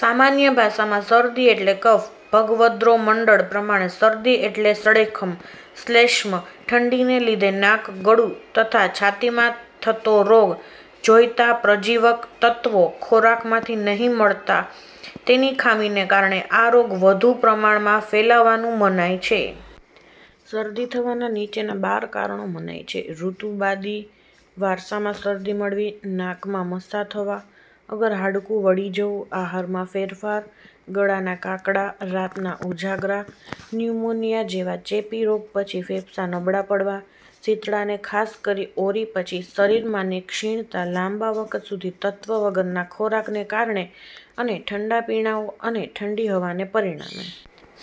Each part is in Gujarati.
સામાન્ય ભાષામાં શરદી એટલે કફ. ભગવદ્ગોમંડલ પ્રમાણે શરદી એટલે સળેખમ;…… શ્લેષ્મ; ઠંડીને લીધે નાક, ગળું તથા છાતીમાં થતો રોગ. જોઈતાં પ્રજીવક તત્ત્વો ખોરાકમાંથી નહિ મળતાં તેની ખામીને કારણે આ રોગ વધુ પ્રમાણમાં ફેલાવાનું મનાય છે. શરદી થવાના નીચેના બાર કારણો મનાય છે.: ઋતુ, બાદી, વારસામાં શરદી મળવી, નાકમાં મસા થવા અગર હાડકું વળી જવું, આહારમાં ફેરફાર, ગળાના કાકડા, રાતના ઉજાગરા, ન્યુમોનીઆ જેવા ચેપી રોગ પછી ફેફસાં નબળાં પડવાં, શીતળા ને ખાસ કરી ઓરી પછી, શરીરમાંની ક્ષીણતા, લાંબા વખત સુધી તત્ત્વ વગરના ખોરાકોને કારણે અને ઠંડા પીણાઓ અને ઠંડી હવાને પરિણામે.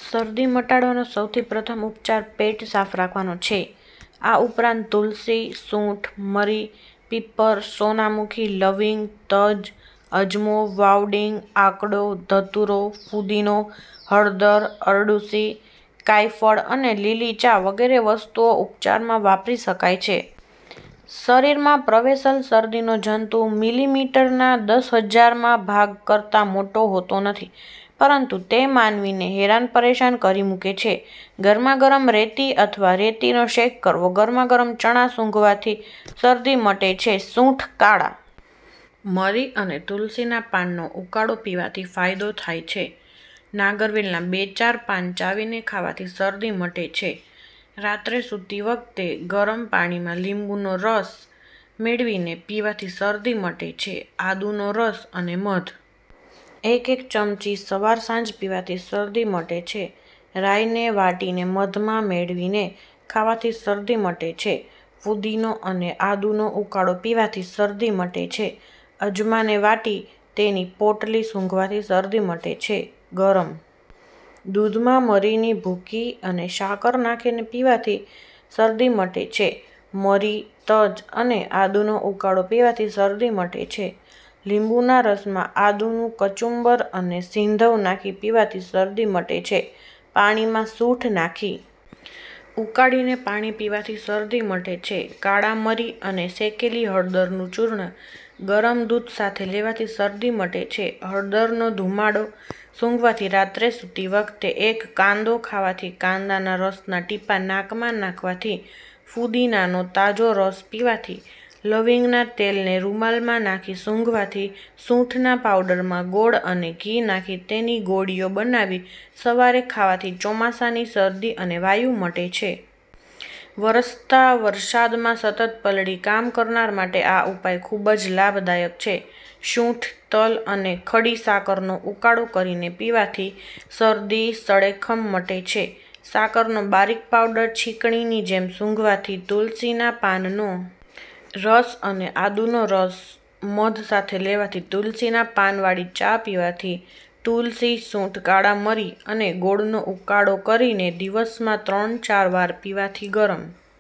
શરદી મટાડવાનો સૌથી પ્રથમ ઉપચાર પેટ સાફ રાખવાનો છે. આ ઉપરાંત તુલસી, સૂંઠ, મરી, પીપર, સોનામુખી, લવિંગ, તજ, અજમો, વાવડિંગ, આકડો, ધતૂરો, ફુદીનો, હળદર, અરડૂસી, કાયફળ અને લીલી ચા વગેરે વસ્તુઓ ઉપચારમાં વાપરી શકાય છે. શરીરમાં પ્રવેશલ શરદીનો જંતુ મિલિમિટરના દશહજારમાંં ભાગ કરતાં મોટો હોતો નથી પરંતુ તે માનવીને હેરાન પરેશાન કરી મુકે છે. ગરમાગરમ રેતી અથવા રેતીનો શેક કરવો ગરમાગરમ ચણા સુંઘવાથી શરદી મટે છે સૂંઠ, કાળાં મરી અને તુલસીનાં પાનનો ઉકાળો પીવાથી ફાયદો થાય છે નાગરવેલનાં બેચાર પાન ચાવીને ખાવાથી શરદી મટે છે રાત્રે સૂતી વખતે ગરમ પાણીમાં લીંબુનો રસ મેળવીને પીવાથી શરદી મટે છે આદુનો રસ અને મધ એક એક ચમચી સવારસાંજ પીવાથી શરદી મટે છે રાઈને વાટીને મધમાં મેળવીને ખાવાથી શરદી મટે છે ફુદીનો અને આદુનો ઉકાળો પીવાથી શરદી મટે છે અજમાને વાટી તેની પોટલી સૂંઘવાથી શરદી મટે છે ગરમ દૂધમાં મરીની ભૂકી અને સાકર નાખીને પીવાથી શરદી મટે છે મરી, તજ અને આદુનો ઉકાળો પીવાથી શરદી મટે છે લીંબુના રસમાં આદુનું કચુંબર અને સિંધવ નાખી પીવાથી શરદી મટે છે પાણીમાં સૂંઠ નાખી ઉકાળીને પાણી પીવાથી શરદી મટે છે કાળાંં મરી અને શેકેલી હળદરનું ચૂર્ણ ગરમ દૂધ સાથે લેવાથી શરદી મટે છે હળદરનો ધુમાડો સુંઘવાથી રાત્રે સૂતી વખતે એક કાંદો ખાવાથી કાંદાના રસનાં ટીપાં નાકમાં નાખવાથી ફુદીનાનો તાજો રસ પીવાથી લવિંગના તેલને રૂમાલમાં નાખી સુંઘવાથી સૂંઠના પાવડરમાં ગોળ અને ઘી નાખી તેની ગોળીઓ બનાવી સવારે ખાવાથી ચોમાસાની શરદી અને વાયુ મટે છે. વરસતા વરસાદમાં સતત પલળી કામ કરનાર માટે આ ઉપાય ખૂબ જ લાભદાયક છે. સૂંઠ, તલ અને ખડી સાકારનો ઉકાળો કરીને પીવાથી શરદી, સળેખમ મટે છે સાકરનો બારીક પાવડર છીંકણીની જેમ સુંઘવાથી તુલસીના પાનનો રસ અને આદુનો રસ મધ સાથે લેવાથી તુલસીના પાનવાળી ચા પીવાથી તુલસી, સૂંઠ, કાળાં મરી અને ગોળનો ઉકાળો કરીને દિવસમાં ત્રણ ચાર વાર પીવાથી ગરમ